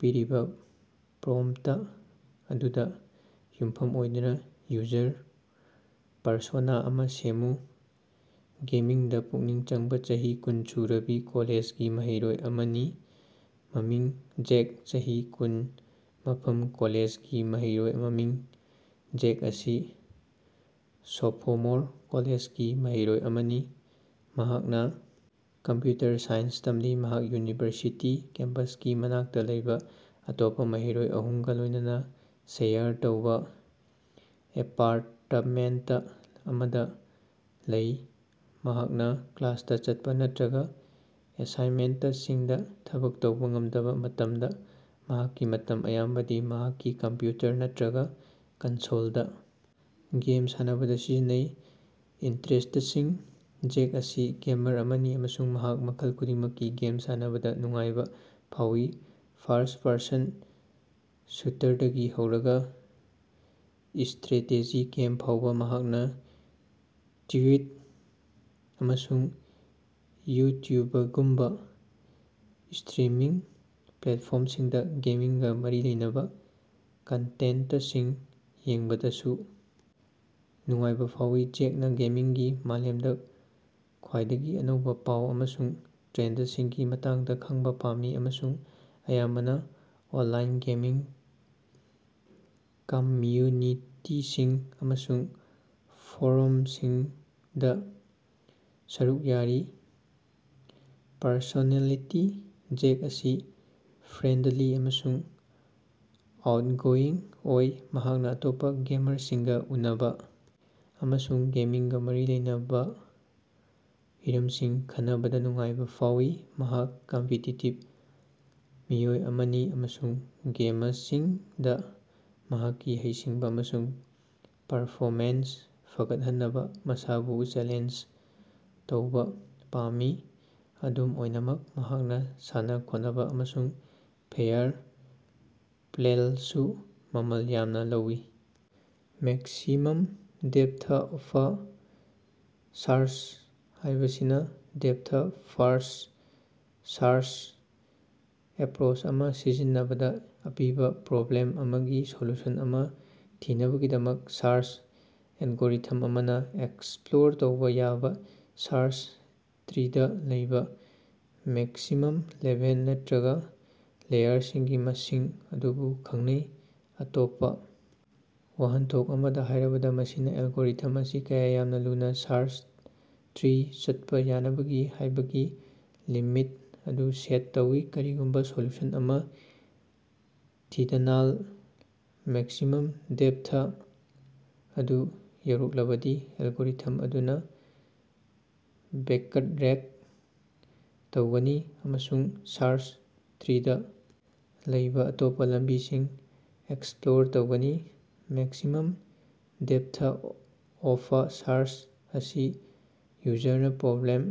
ꯄꯤꯔꯤꯕ ꯄ꯭ꯔꯣꯝꯞꯇ ꯑꯗꯨꯗ ꯌꯨꯝꯐꯝ ꯑꯣꯏꯗꯨꯅ ꯌꯨꯖꯔ ꯄꯔꯁꯣꯅꯥ ꯑꯃ ꯁꯦꯝꯃꯨ꯫ ꯒꯦꯃꯤꯡꯗ ꯄꯨꯛꯅꯤꯡ ꯆꯪꯕ ꯆꯍꯤ ꯀꯨꯟ ꯁꯨꯔꯕꯤ ꯀꯣꯂꯦꯖꯒꯤ ꯃꯍꯩꯔꯣꯏ ꯑꯃꯅꯤ꯫ ꯃꯃꯤꯡ: ꯖꯦꯛ ꯆꯍꯤ: ꯀꯨꯟ ꯃꯐꯝ: ꯀꯣꯂꯦꯖꯒꯤ ꯃꯍꯩꯔꯣꯏ ꯃꯃꯤꯡ: ꯖꯦꯛ ꯑꯁꯤ ꯁꯣꯐꯣꯃꯣꯔ ꯀꯣꯂꯦꯖꯒꯤ ꯃꯍꯩꯔꯣꯏ ꯑꯃꯅꯤ, ꯃꯍꯥꯛꯅ ꯀꯝꯄꯌꯨꯇꯔ ꯁꯥꯏꯟꯁ ꯇꯝꯂꯤ꯫ ꯃꯍꯥꯛ ꯌꯨꯅꯤꯚꯔꯁꯤꯇꯤ ꯀꯦꯝꯄꯁꯀꯤ ꯃꯅꯥꯛꯇ ꯂꯩꯕ ꯑꯇꯣꯞꯄ ꯃꯍꯩꯔꯣꯏ ꯑꯍꯨꯝꯒ ꯂꯣꯏꯅꯅ ꯁꯦꯌꯔ ꯇꯧꯕ ꯑꯦꯄꯥꯔꯇꯃꯦꯟꯇ ꯑꯃꯗ ꯂꯩ꯫ ꯃꯍꯥꯛꯅ ꯀ꯭ꯂꯥꯁꯇꯥ ꯆꯠꯄ ꯅꯠꯇ꯭ꯔꯒꯥ ꯑꯦꯁꯥꯏꯟꯃꯦꯟꯇꯁꯤꯡꯗ ꯊꯕꯛ ꯇꯧꯕ ꯉꯝꯗꯕ ꯃꯇꯝꯗ ꯃꯍꯥꯛꯀꯤ ꯃꯇꯝ ꯑꯌꯥꯝꯕꯗꯤ ꯃꯍꯥꯛꯀꯤ ꯀꯝꯄꯌꯨꯇꯔ ꯅꯠꯇ꯭ꯔꯒ ꯀꯟꯁꯣꯜꯗ ꯒꯦꯝ ꯁꯥꯟꯅꯕꯗ ꯁꯤꯖꯤꯟꯅꯩ꯫ ꯏꯟꯇꯔꯦꯁ꯭ꯇꯁꯤꯡ: ꯖꯦꯛ ꯑꯁꯤ ꯒꯦꯃꯔ ꯑꯃꯅꯤ ꯑꯃꯁꯨꯡ ꯃꯍꯥꯛꯅ ꯃꯈꯜ ꯈꯨꯗꯤꯡꯃꯛꯀꯤ ꯒꯦꯝ ꯁꯥꯟꯅꯕꯗ ꯅꯨꯡꯉꯥꯏꯕ ꯐꯥꯎꯏ, ꯐꯥꯔꯁ-ꯄꯔꯁꯟ ꯁꯨꯇꯔꯗꯒꯤ ꯍꯧꯔꯒꯥ ꯏꯁ꯭ꯇꯔꯦꯇꯦꯖꯤ ꯒꯦꯝ ꯐꯥꯎꯕ꯫ ꯃꯍꯥꯛꯅ ꯇ꯭ꯌꯨꯏꯠ ꯑꯃꯁꯨꯡ ꯌꯨꯇꯨꯎꯕꯒꯨꯝꯕ ꯏꯁ꯭ꯇꯔꯤꯝꯃꯤꯡ ꯄ꯭ꯂꯦꯠꯐꯣꯔꯝꯁꯤꯡꯗ ꯒꯦꯃꯤꯡꯒꯥ ꯃꯔꯤ ꯂꯩꯅꯕ ꯀꯟꯇꯦꯟꯇꯁꯤꯡ ꯌꯦꯡꯕꯗꯁꯨ ꯅꯨꯡꯉꯥꯏꯕ ꯐꯥꯎꯏ꯫ ꯖꯦꯛꯅ ꯒꯦꯃꯤꯡꯒꯤ ꯃꯥꯂꯦꯝꯗ ꯈ꯭ꯋꯥꯏꯗꯒꯤ ꯅꯧꯕ ꯄꯥꯎ ꯑꯃꯁꯨꯡ ꯇ꯭ꯔꯦꯟꯗꯁꯤꯡꯒꯤ ꯃꯇꯥꯡꯗ ꯈꯪꯕ ꯄꯥꯝꯃꯤ ꯑꯃꯁꯨꯡ ꯑꯌꯥꯝꯕꯅ ꯑꯣꯟꯂꯥꯏꯟ ꯒꯦꯃꯤꯡ ꯀꯝꯝꯌꯨꯅꯤꯇꯤꯁꯤꯡ ꯑꯃꯁꯨꯡ ꯐꯣꯔꯝꯁꯤꯡꯗ ꯁꯔꯨꯛ ꯌꯥꯔꯤ꯫ ꯄꯔꯁꯣꯅꯦꯂꯤꯇꯤ: ꯖꯦꯛ ꯑꯁꯤ ꯐ꯭ꯔꯦꯟꯗꯂꯤ ꯑꯃꯁꯨꯡ ꯑꯥꯎꯠꯒꯣꯌꯤꯡ ꯑꯣꯏ꯫ ꯃꯍꯥꯛꯅ ꯑꯇꯣꯞꯄ ꯒꯦꯃꯔꯁꯤꯡꯒ ꯎꯅꯕ ꯑꯃꯁꯨꯡ ꯒꯦꯃꯤꯡꯒ ꯃꯔꯤ ꯂꯩꯅꯕ ꯍꯤꯔꯝꯁꯤꯡ ꯈꯟꯅꯕꯗ ꯅꯨꯡꯉꯥꯏꯕ ꯐꯥꯎꯏ꯫ ꯃꯍꯥꯛ ꯀꯝꯄꯤꯇꯤꯇꯤꯕ ꯃꯤꯑꯣꯏ ꯑꯃꯅꯤ ꯑꯃꯁꯨꯡ ꯒꯦꯃꯁꯤꯡꯗ ꯃꯍꯥꯛꯀꯤ ꯍꯩꯁꯤꯡꯕ ꯑꯃꯁꯨꯡ ꯄꯔꯐꯣꯃꯦꯟꯁ ꯐꯒꯠꯍꯟꯅꯕ ꯃꯁꯥꯕꯨ ꯆꯦꯂꯦꯟꯖ ꯇꯧꯕ ꯄꯥꯝꯃꯤ꯫ ꯑꯗꯨꯝ ꯑꯣꯏꯅꯃꯛ ꯃꯍꯥꯛꯅ ꯁꯥꯟꯅ-ꯈꯣꯠꯅꯕ ꯑꯃꯁꯨꯡ ꯐꯦꯌꯔ ꯄ꯭ꯂꯦꯜꯁꯨ ꯃꯃꯜ ꯌꯥꯝꯅ ꯂꯧꯏ꯫ ꯃꯦꯛꯁꯤꯃꯝ ꯗꯦꯞꯊ ꯑꯣꯐ ꯁꯥꯔꯆ ꯍꯥꯏꯕꯁꯤꯅ, ꯗꯦꯞꯊ-ꯐꯥꯔꯁ꯭ꯠ ꯁꯥꯔꯆ ꯑꯦꯄꯔꯣꯆ ꯑꯃ ꯁꯤꯖꯤꯟꯅꯕꯗ, ꯑꯄꯤꯕ ꯄ꯭ꯔꯣꯕ꯭ꯂꯦꯝ ꯑꯃꯒꯤ ꯁꯣꯂꯨꯁꯟ ꯑꯃ ꯊꯤꯅꯕꯒꯤꯗꯃꯛ ꯁꯥꯔꯆ ꯑꯦꯜꯒꯣꯔꯤꯊꯝ ꯑꯃꯅ ꯑꯦꯛꯁꯄ꯭ꯂꯣꯔ ꯇꯧꯕ ꯌꯥꯕ ꯁꯥꯔꯆ ꯇ꯭ꯔꯤꯗ ꯂꯩꯕ ꯃꯦꯛꯁꯤꯃꯝ ꯂꯦꯚꯦꯜ, ꯅꯠꯇꯔꯒ ꯂꯦꯌꯔꯁꯤꯡꯒꯤ ꯃꯁꯤꯡ ꯑꯗꯨꯕꯨ ꯈꯪꯅꯩ꯫ ꯑꯇꯣꯞꯄ ꯋꯥꯍꯟꯊꯣꯛ ꯑꯃꯗ ꯍꯥꯏꯔꯕꯗ, ꯃꯁꯤꯅꯥ ꯑꯦꯜꯒꯣꯔꯤꯊꯝ ꯑꯁꯤ ꯀꯌꯥ ꯌꯥꯝꯅ ꯂꯨꯅ ꯁꯥꯔꯆ ꯇ꯭ꯔꯤ ꯆꯠꯄ ꯌꯥꯅꯕꯒꯤ ꯍꯥꯏꯕꯒꯤ ꯂꯤꯃꯤꯠ ꯑꯗꯨ ꯁꯦꯠ ꯇꯧꯏ꯫ ꯀꯔꯤꯒꯨꯝꯕ ꯁꯣꯂꯨꯁꯟ ꯑꯃ ꯊꯤꯗꯅꯥꯜ ꯃꯦꯛꯁꯤꯃꯝ ꯗꯦꯞꯊ ꯑꯗꯨ ꯌꯧꯔꯛꯂꯕꯗꯤ, ꯑꯦꯜꯒꯣꯔꯤꯊꯝ ꯑꯗꯨꯅ ꯕꯦꯀꯠꯔꯦꯛ ꯇꯧꯒꯅꯤ ꯑꯃꯁꯨꯡ ꯁꯥꯔꯆ ꯇ꯭ꯔꯤꯗ ꯂꯩꯕ ꯑꯇꯣꯞꯄ ꯂꯝꯕꯤꯁꯤꯡ ꯑꯦꯛꯁꯄ꯭ꯂꯣꯔ ꯇꯧꯒꯅꯤ꯫ ꯃꯦꯛꯁꯤꯃꯝ ꯗꯦꯞꯊ ꯑꯣꯐ ꯁꯥꯔꯆ ꯑꯁꯤ ꯌꯨꯖꯔꯅ ꯄ꯭ꯔꯣꯕ꯭ꯂꯦꯝ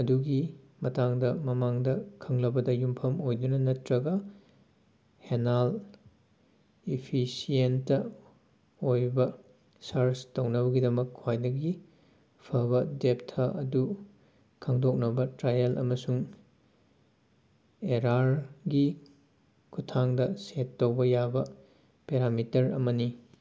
ꯑꯗꯨꯒꯤ ꯃꯇꯥꯡꯗ ꯃꯃꯥꯡꯗ ꯈꯪꯂꯕꯗ ꯌꯨꯝꯐꯝ ꯑꯣꯏꯗꯨꯅ ꯅꯠꯇꯔꯒꯥ ꯍꯦꯟꯅꯥꯜ ꯏꯐꯤꯁꯤꯑꯦꯟꯇ ꯑꯣꯏꯕ ꯁꯥꯔꯆ ꯇꯧꯅꯕꯒꯤꯗꯃꯛ ꯈ꯭ꯋꯥꯏꯗꯒꯤ ꯐꯥꯕ ꯗꯦꯞꯊ ꯑꯗꯨ ꯈꯪꯗꯣꯛꯅꯕꯥ ꯇ꯭ꯔꯥꯏꯑꯦꯜ ꯑꯃꯁꯨꯡ ꯑꯦꯔꯥꯔꯒꯤ ꯈꯨꯠꯊꯥꯡꯗ ꯁꯦꯠ ꯇꯧꯕꯥ ꯌꯥꯕ ꯄꯦꯔꯥꯃꯤꯇꯔ ꯑꯃꯅꯤ꯫